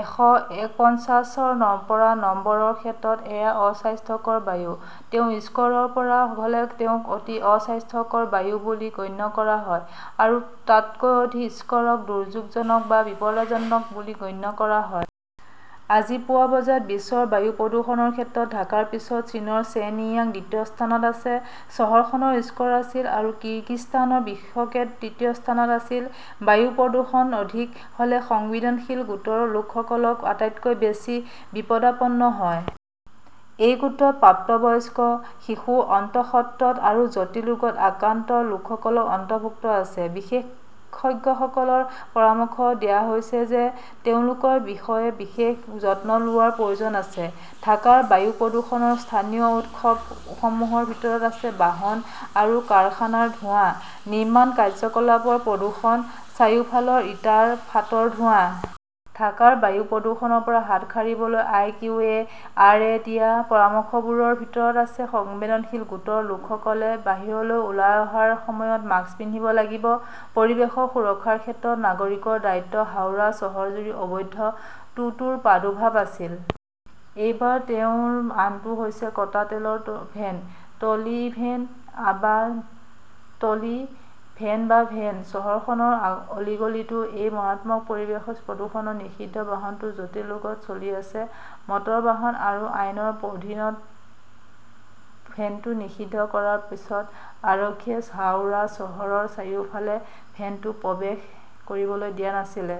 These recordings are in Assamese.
এশ একপঞ্চাশ ৰ পৰা নম্বৰৰ ক্ষেত্ৰত এয়া অস্বাস্থ্যকৰ বায়ু। তেওঁৰ স্ক'ৰ ৰ পৰা হ'লে তেওঁক অতি অস্বাস্থ্যকৰ বায়ু বুলি গণ্য কৰা হয়। আৰু তকৈ অধিক স্ক’ৰৰক দুৰ্যোগজনক বা বিপদজনক বুলি গণ্য কৰা হয়। আজি পুৱা বজাত বিশ্বৰ বায়ু প্ৰদূষণৰ ক্ষেত্ৰত ঢাকাৰ পিছত চীনৰ শেনয়াং দ্বিতীয় স্থানত আছে। চহৰখনৰ স্ক’ৰ আছিল আৰু কিৰগিজস্তানৰ বিশকে তৃতীয় স্থানত আছিল। বায়ু প্ৰদূষণ অধিক হ’লে সংবেদনশীল গোটৰ লোকসকল আটাইতকৈ বেছি বিপদাপন্ন হয়। এই গোটটোত প্ৰাপ্তবয়স্ক, শিশু, অন্তঃসত্ত্ৰ আৰু জটিল ৰোগত আক্ৰান্ত লোকসকল অন্তৰ্ভুক্ত আছে। বিশেষজ্ঞসকলক পৰামৰ্শ দিয়া হৈছে যে তেওঁলোকৰ বিষয়ে বিশেষ যত্ন লোৱাৰ প্ৰয়োজন আছে। ঢাকাৰ বায়ু প্ৰদূষণৰ স্থানীয় উৎসসমূহৰ ভিতৰত আছে বাহন আৰু কাৰখানাৰ ধোঁৱা, নিৰ্মাণ কাৰ্যকলাপৰ প্ৰদূষণ, চাৰিওফালৰ ইটাৰ ফাঁটৰ ধোঁৱা। ঢাকাৰ বায়ু প্ৰদূষণৰ পৰা হাত সাৰিবলৈ আই. কিউ. এ. আৰ. এ দিয়া পৰামৰ্শবোৰৰ ভিতৰত আছে, সংবেদনশীল গোটৰ লোকসকলে বাহিৰলৈ ওলাই অহাৰ সময়ত মাস্ক পিন্ধিব লাগিব। পৰিৱেশ সুৰক্ষাৰ ক্ষেত্ৰত নাগৰিকৰ দায়িত্ব হাওৰা চহৰজুৰি অবৈধ টোটোৰ প্ৰাদুৰ্ভাৱ আছিল। এইবাৰ তেওঁৰ আনটো হৈছে কটা তেলৰ ট্ৰলি ভেন বা ভেন। চহৰখনৰ অলিগলীতো এই মাৰাত্মক পৰিৱেশ প্ৰদূষক নিষিদ্ধ বাহনটো জিটি ৰোডতো চলি আছে। মটৰ বাহন আইনৰ অধীনত ভেনটো নিষিদ্ধ কৰাৰ পিছত আৰক্ষীয়ে হাওড়া চহৰৰ চাৰিওফালে ভেনটো প্ৰৱেশ কৰিবলৈ দিয়া নাছিল।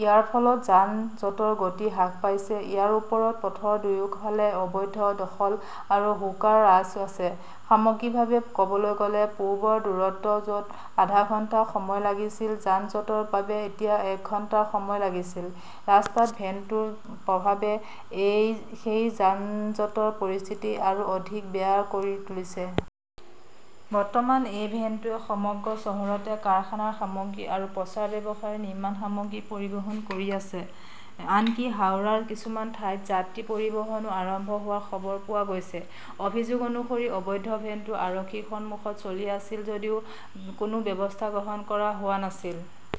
ইয়াৰ ফলত যান-জঁটৰ গতি হ্ৰাস পাইছে। ইয়াৰ ওপৰত পথৰ দুয়োফালে অবৈধ দখল আৰু হকাৰ-ৰাজ আছে। সামগ্ৰিকভাৱে ক’বলৈ গ’লে, পূৰ্বৰ দূৰত্ব য’ত আধা ঘণ্টা সময় লাগিছিল, যান-জঁটৰ বাবে এতিয়া এক ঘণ্টা সময় লাগিছিল। ৰাস্তাত ভেন টোৰ প্ৰভাৱে সেই যান-জঁটৰ পৰিস্থিতি অধিক বেয়া কৰি তুলিছে। বৰ্তমান এই ভেন "টোৱে সমগ্ৰ চহৰতে কাৰখানাৰ সামগ্ৰী আৰু প্ৰচাৰ ব্যৱসায়ৰ নিৰ্মাণ সামগ্ৰী পৰিবহণ কৰি আছে। আনকি হাওৰাৰ কিছুমান ঠাইত যাত্ৰী পৰিবহণও আৰম্ভ হোৱাৰ খবৰ পোৱা গৈছে। অভিযোগ অনুসৰি, অবৈধ ভেনটো আৰক্ষীৰ সন্মুখত চলিছিল যদিও কোনো ব্যৱস্থা গ্ৰহণ কৰা হোৱা নাছিল।